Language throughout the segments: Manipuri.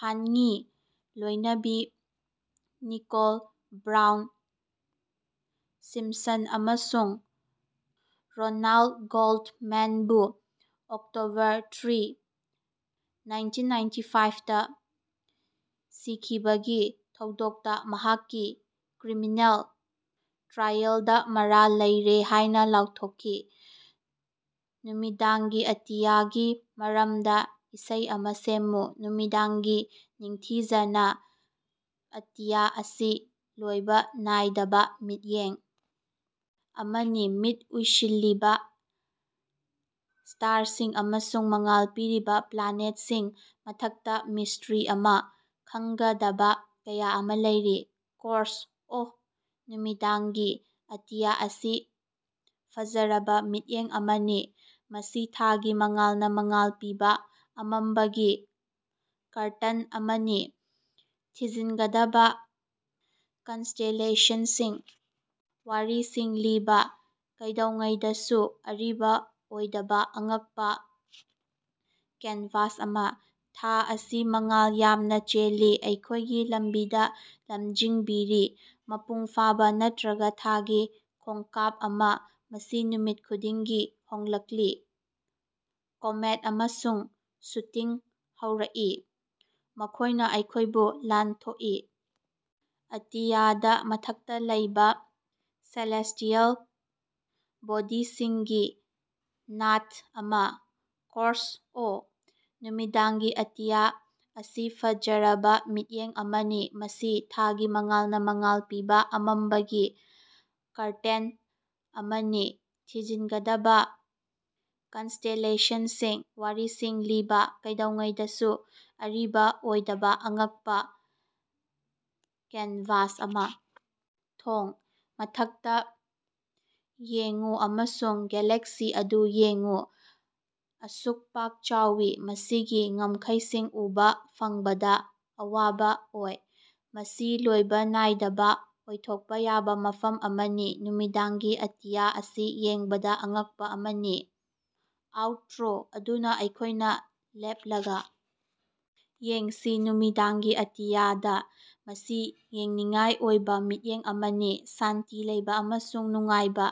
ꯍꯥꯟꯉꯤ ꯂꯣꯏꯅꯕꯤ ꯅꯤꯀꯣꯜ ꯕ꯭ꯔꯥꯎꯟ ꯁꯤꯝꯄꯁꯟ ꯑꯃꯁꯨꯡ ꯔꯣꯅꯥꯟ ꯒꯣꯜꯗꯃꯦꯟꯕꯨ ꯑꯣꯛꯇꯣꯕꯔ ꯊ꯭ꯔꯤ, ꯅꯥꯏꯟꯇꯤꯟꯅꯥꯏꯟꯇꯤꯐꯥꯏꯚꯗꯥ ꯁꯤꯈꯤꯕꯒꯤ ꯊꯧꯗꯣꯛꯇꯥ ꯃꯍꯥꯛꯀꯤ ꯀ꯭ꯔꯤꯃꯤꯅꯦꯜ ꯇ꯭ꯔꯥꯏꯑꯦꯜꯗꯥ ꯃꯔꯥꯜ ꯂꯩꯔꯦ ꯍꯥꯏꯅ ꯂꯥꯎꯊꯣꯛꯈꯤ꯫ ꯅꯨꯃꯤꯗꯥꯡꯒꯤ ꯑꯇꯤꯌꯥꯒꯤ ꯃꯔꯝꯗꯥ ꯏꯁꯩ ꯑꯃ ꯁꯦꯝꯃꯨ꯫ ꯅꯨꯃꯤꯗꯥꯡꯒꯤ ꯅꯤꯡꯊꯤꯖꯅꯥ, ꯑꯇꯤꯌꯥ ꯑꯁꯤ ꯂꯣꯏꯕ ꯅꯥꯏꯗꯕ ꯃꯤꯠꯌꯦꯡ ꯑꯃꯅꯤ꯫ ꯃꯤꯠ ꯎꯏꯁꯤꯜꯂꯤꯕ ꯁ꯭ꯇꯥꯔꯁꯤꯡ ꯑꯃꯁꯨꯡ ꯃꯉꯥꯜ ꯄꯤꯔꯤꯕꯥ ꯄ꯭ꯂꯥꯅꯦꯠꯁꯤꯡ, ꯃꯊꯛꯇ ꯃꯤꯁꯇ꯭ꯔꯤ ꯑꯃ, ꯈꯪꯒꯗꯕ ꯀꯌꯥ ꯑꯃ ꯂꯩꯔꯤ꯫ ꯀꯣꯔꯁ: ꯑꯣꯍ, ꯅꯨꯃꯤꯗꯥꯡꯒꯤ ꯑꯇꯤꯌꯥ ꯑꯁꯤ ꯐꯖꯔꯕ ꯃꯤꯠꯌꯦꯡ ꯑꯃꯅꯤ, ꯃꯁꯤ ꯊꯥꯒꯤ ꯃꯉꯥꯜꯅ ꯃꯉꯥꯜ ꯄꯤꯕ ꯑꯃꯝꯕꯒꯤ ꯀꯥꯔꯇꯟ ꯑꯃꯅꯤ꯫ ꯊꯤꯖꯤꯟꯒꯗꯕ ꯀꯟꯁꯇꯦꯂꯦꯁꯟꯁꯤꯡ, ꯋꯥꯔꯤꯁꯤꯡ ꯂꯤꯕ, ꯀꯩꯗꯧꯉꯩꯗꯁꯨ ꯑꯔꯤꯕ ꯑꯣꯏꯗꯕ ꯑꯉꯛꯄꯥ ꯀꯦꯟꯚꯥꯁ ꯑꯃ꯫ ꯊꯥ ꯑꯁꯤ ꯃꯉꯥꯜ ꯌꯥꯝꯅ ꯆꯦꯜꯂꯤ, ꯑꯩꯈꯣꯏꯒꯤ ꯂꯝꯕꯤꯗ ꯂꯝꯖꯤꯡꯕꯤꯔꯤ, ꯃꯄꯨꯡ ꯐꯥꯕ ꯅꯠꯇ꯭ꯔꯒ ꯊꯥꯒꯤ ꯈꯣꯡꯀꯥꯞ ꯑꯃ, ꯃꯁꯤ ꯅꯨꯃꯤꯠ ꯈꯨꯗꯤꯡꯒꯤ ꯍꯣꯡꯂꯛꯂꯤ꯫ ꯀꯣꯃꯦꯠ ꯑꯃꯁꯨꯡ ꯁꯨꯇꯤꯡ ꯍꯧꯔꯛꯏ, ꯃꯈꯣꯏꯅ ꯑꯩꯈꯣꯏꯕꯨ ꯂꯥꯟꯊꯣꯛꯏ, ꯑꯇꯤꯌꯥꯗ ꯃꯊꯛꯇꯥ ꯂꯩꯕ ꯁꯦꯂꯦꯁꯇꯤꯑꯦꯜ ꯕꯣꯗꯤꯁꯤꯡꯒꯤ ꯅꯥꯠ ꯑꯃ꯫ ꯀꯣꯔꯁ: ꯑꯣꯍ, ꯅꯨꯃꯤꯗꯥꯡꯒꯤ ꯑꯇꯤꯌꯥ ꯑꯁꯤ ꯐꯖꯔꯕ ꯃꯤꯠꯌꯦꯡ ꯑꯃꯅꯤ, ꯃꯁꯤ ꯊꯥꯒꯤ ꯃꯉꯥꯜꯅ ꯃꯉꯥꯜ ꯄꯤꯕ ꯑꯃꯝꯕꯒꯤ ꯀꯥꯔꯇꯟ ꯑꯃꯅꯤ꯫ ꯊꯤꯖꯤꯟꯒꯗꯕꯥ ꯀꯟꯁꯇꯦꯂꯦꯁꯅꯁꯤꯡ, ꯋꯥꯔꯤꯁꯤꯡ ꯂꯤꯕ, ꯀꯩꯗꯧꯉꯩꯗꯁꯨ ꯑꯔꯤꯕ ꯑꯣꯏꯗꯕ ꯑꯉꯛꯄ ꯀꯟꯚꯥꯁ ꯑꯃ꯫ ꯊꯣꯡ: ꯃꯊꯛꯇ ꯌꯦꯡꯎ ꯑꯃꯁꯨꯡ ꯒꯦꯂꯦꯛꯁꯤ ꯑꯗꯨ ꯌꯦꯡꯉꯨ, ꯑꯁꯨꯛ ꯄꯥꯛ ꯆꯥꯎꯏ, ꯃꯁꯤꯒꯤ ꯉꯝꯈꯩꯁꯤꯡ ꯎꯕ ꯐꯪꯕꯗ ꯑꯋꯥꯕ ꯑꯣꯏ꯫ ꯃꯁꯤ ꯂꯣꯏꯕ ꯅꯥꯏꯗꯕ ꯑꯣꯏꯊꯣꯛꯄ ꯌꯥꯕ ꯃꯐꯝ ꯑꯃꯅꯤ, ꯅꯨꯃꯤꯗꯥꯡꯒꯤ ꯑꯇꯤꯌ ꯑꯁꯤ ꯌꯦꯡꯕꯗ ꯑꯉꯛꯄ ꯑꯃꯅꯤ꯫ ꯑꯥꯎꯠꯇ꯭ꯔꯣ: ꯑꯗꯨꯅ ꯑꯩꯈꯣꯏꯅ ꯂꯦꯞꯂꯒ ꯌꯦꯡꯁꯤ, ꯅꯨꯃꯤꯗꯥꯡꯒꯤ ꯑꯇꯤꯌꯥꯗ, ꯃꯁꯤ ꯌꯦꯡꯅꯤꯡꯉꯥꯏ ꯑꯣꯏꯕ ꯃꯤꯠꯌꯦꯡ ꯑꯃꯅꯤ꯫ ꯁꯥꯟꯇꯤ ꯂꯩꯕ ꯑꯃꯁꯨꯡ ꯅꯨꯡꯉꯥꯏꯕ,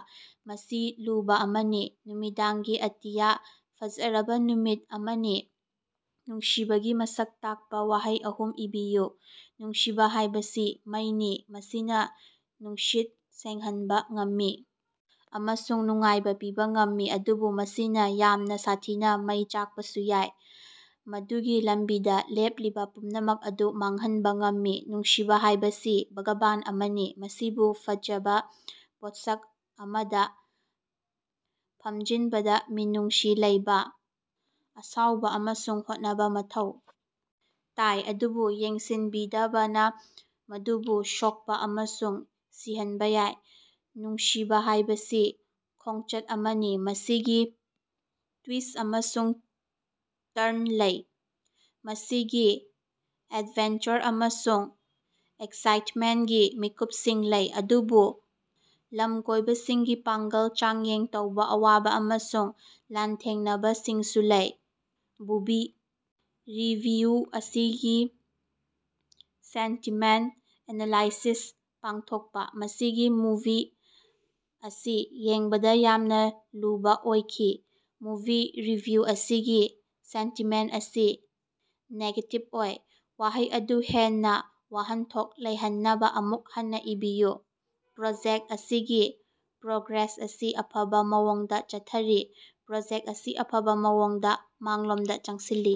ꯃꯁꯤ ꯂꯨꯕ ꯑꯃꯅꯤ, ꯅꯨꯃꯤꯗꯥꯡꯒꯤ ꯑꯇꯤꯌꯥ, ꯐꯖꯔꯕ ꯅꯨꯃꯤꯠ ꯑꯃꯅꯤ꯫ ꯅꯨꯡꯁꯤꯕꯒꯤ ꯃꯁꯛ ꯇꯥꯛꯄ ꯋꯍꯩ ꯑꯍꯨꯝ ꯏꯕꯤꯌꯨ꯫ ꯅꯨꯡꯁꯤꯕ ꯍꯥꯏꯕꯁꯤ ꯃꯩꯅꯤ: ꯃꯁꯤꯅ ꯅꯨꯡꯁꯤꯠ ꯁꯦꯡꯍꯟꯕ ꯉꯝꯃꯤ ꯑꯃꯁꯨꯡ ꯅꯨꯡꯉꯥꯏꯕ ꯄꯤꯕ ꯉꯝꯃꯤ, ꯑꯗꯨꯕꯨ ꯃꯁꯤꯅ ꯌꯥꯝꯅ ꯁꯥꯊꯤꯅ ꯃꯩ ꯆꯥꯛꯄꯁꯨ ꯌꯥꯏ, ꯃꯗꯨꯒꯤ ꯂꯝꯕꯤꯗ ꯂꯦꯞꯂꯤꯕ ꯄꯨꯝꯅꯃꯛ ꯑꯗꯨ ꯃꯥꯡꯍꯟꯕ ꯉꯝꯃꯤ꯫ ꯅꯨꯡꯁꯤꯕꯥ ꯍꯥꯏꯕꯁꯤ ꯕꯒꯥꯕꯥꯟ ꯑꯃꯅꯤ: ꯃꯁꯤꯕꯨ ꯐꯖꯕ ꯄꯣꯠꯁꯛ ꯑꯃꯗ ꯐꯨꯝꯖꯤꯟꯕꯗ ꯃꯤꯅꯨꯡꯁꯤ ꯂꯩꯕ, ꯑꯁꯥꯎꯕ ꯑꯃꯁꯨꯡ ꯍꯣꯠꯅꯕ ꯃꯊꯧ ꯇꯥꯏ, ꯑꯗꯨꯕꯨ ꯌꯦꯡꯁꯤꯟꯕꯤꯗꯕꯅ ꯃꯗꯨꯕꯨ ꯁꯣꯛꯄ ꯑꯃꯁꯨꯡ ꯁꯤꯍꯟꯕ ꯌꯥꯏ꯫ ꯅꯨꯡꯁꯤꯕ ꯍꯥꯏꯕꯁꯤ ꯈꯣꯡꯆꯠ ꯑꯃꯅꯤ: ꯃꯁꯤꯒꯤ ꯇ꯭ꯌꯨꯏꯁ ꯑꯃꯁꯨꯡ ꯇ꯭ꯔꯟ ꯂꯩ, ꯃꯁꯤꯒꯤ ꯑꯦꯗꯚꯦꯟꯆꯔ ꯑꯃꯁꯨꯡ ꯑꯦꯛꯁꯥꯏꯠꯃꯦꯟꯒꯤ ꯃꯤꯀꯨꯞꯁꯤꯡ ꯂꯩ, ꯑꯗꯨꯕꯨ ꯂꯝꯀꯣꯏꯕꯁꯤꯡꯒꯤ ꯄꯥꯡꯒꯜ ꯆꯥꯡꯌꯦꯡ ꯇꯧꯕ ꯑꯋꯥꯕ ꯑꯃꯁꯨꯡ ꯂꯥꯟꯊꯦꯡꯅꯕꯁꯤꯡꯁꯨ ꯂꯩ꯫ ꯕꯨꯚꯤ ꯔꯤꯚꯤꯌꯨ ꯑꯁꯤꯒꯤ ꯁꯦꯟꯇꯤꯃꯦꯟꯠ ꯑꯦꯅꯥꯂꯥꯏꯁꯤꯁ ꯄꯥꯡꯊꯣꯛꯄ꯫ ꯃꯁꯤꯒꯤ ꯃꯨꯚꯤ ꯑꯁꯤ ꯌꯦꯡꯕꯗ ꯌꯥꯝꯅ ꯂꯨꯕ ꯑꯣꯏꯈꯤ꯫ ꯃꯨꯚꯤ ꯔꯤꯚꯤꯌꯨ ꯑꯁꯤꯒꯤ ꯁꯦꯟꯇꯤꯃꯦꯟꯠ ꯑꯁꯤ ꯅꯦꯒꯦꯇꯤꯚ ꯑꯣꯏ꯫ ꯋꯥꯍꯩ ꯑꯗꯨ ꯍꯦꯟꯅꯥ ꯋꯥꯍꯟꯊꯣꯛ ꯂꯩꯍꯟꯅꯕ ꯑꯃꯨꯛ ꯍꯟꯅ ꯏꯕꯤꯌꯨ꯫ ꯄ꯭ꯔꯣꯖꯦꯛ ꯑꯁꯤꯒꯤ ꯄ꯭ꯔꯣꯒ꯭ꯔꯦꯁ ꯑꯁꯤ ꯑꯐꯕ ꯃꯑꯣꯡꯗ ꯆꯠꯊꯔꯤ꯫ ꯄ꯭ꯔꯣꯖꯦꯛ ꯑꯁꯤ ꯑꯐꯕ ꯃꯑꯣꯡꯗ ꯃꯥꯡꯂꯣꯝꯗ ꯆꯪꯁꯤꯜꯂꯤ꯫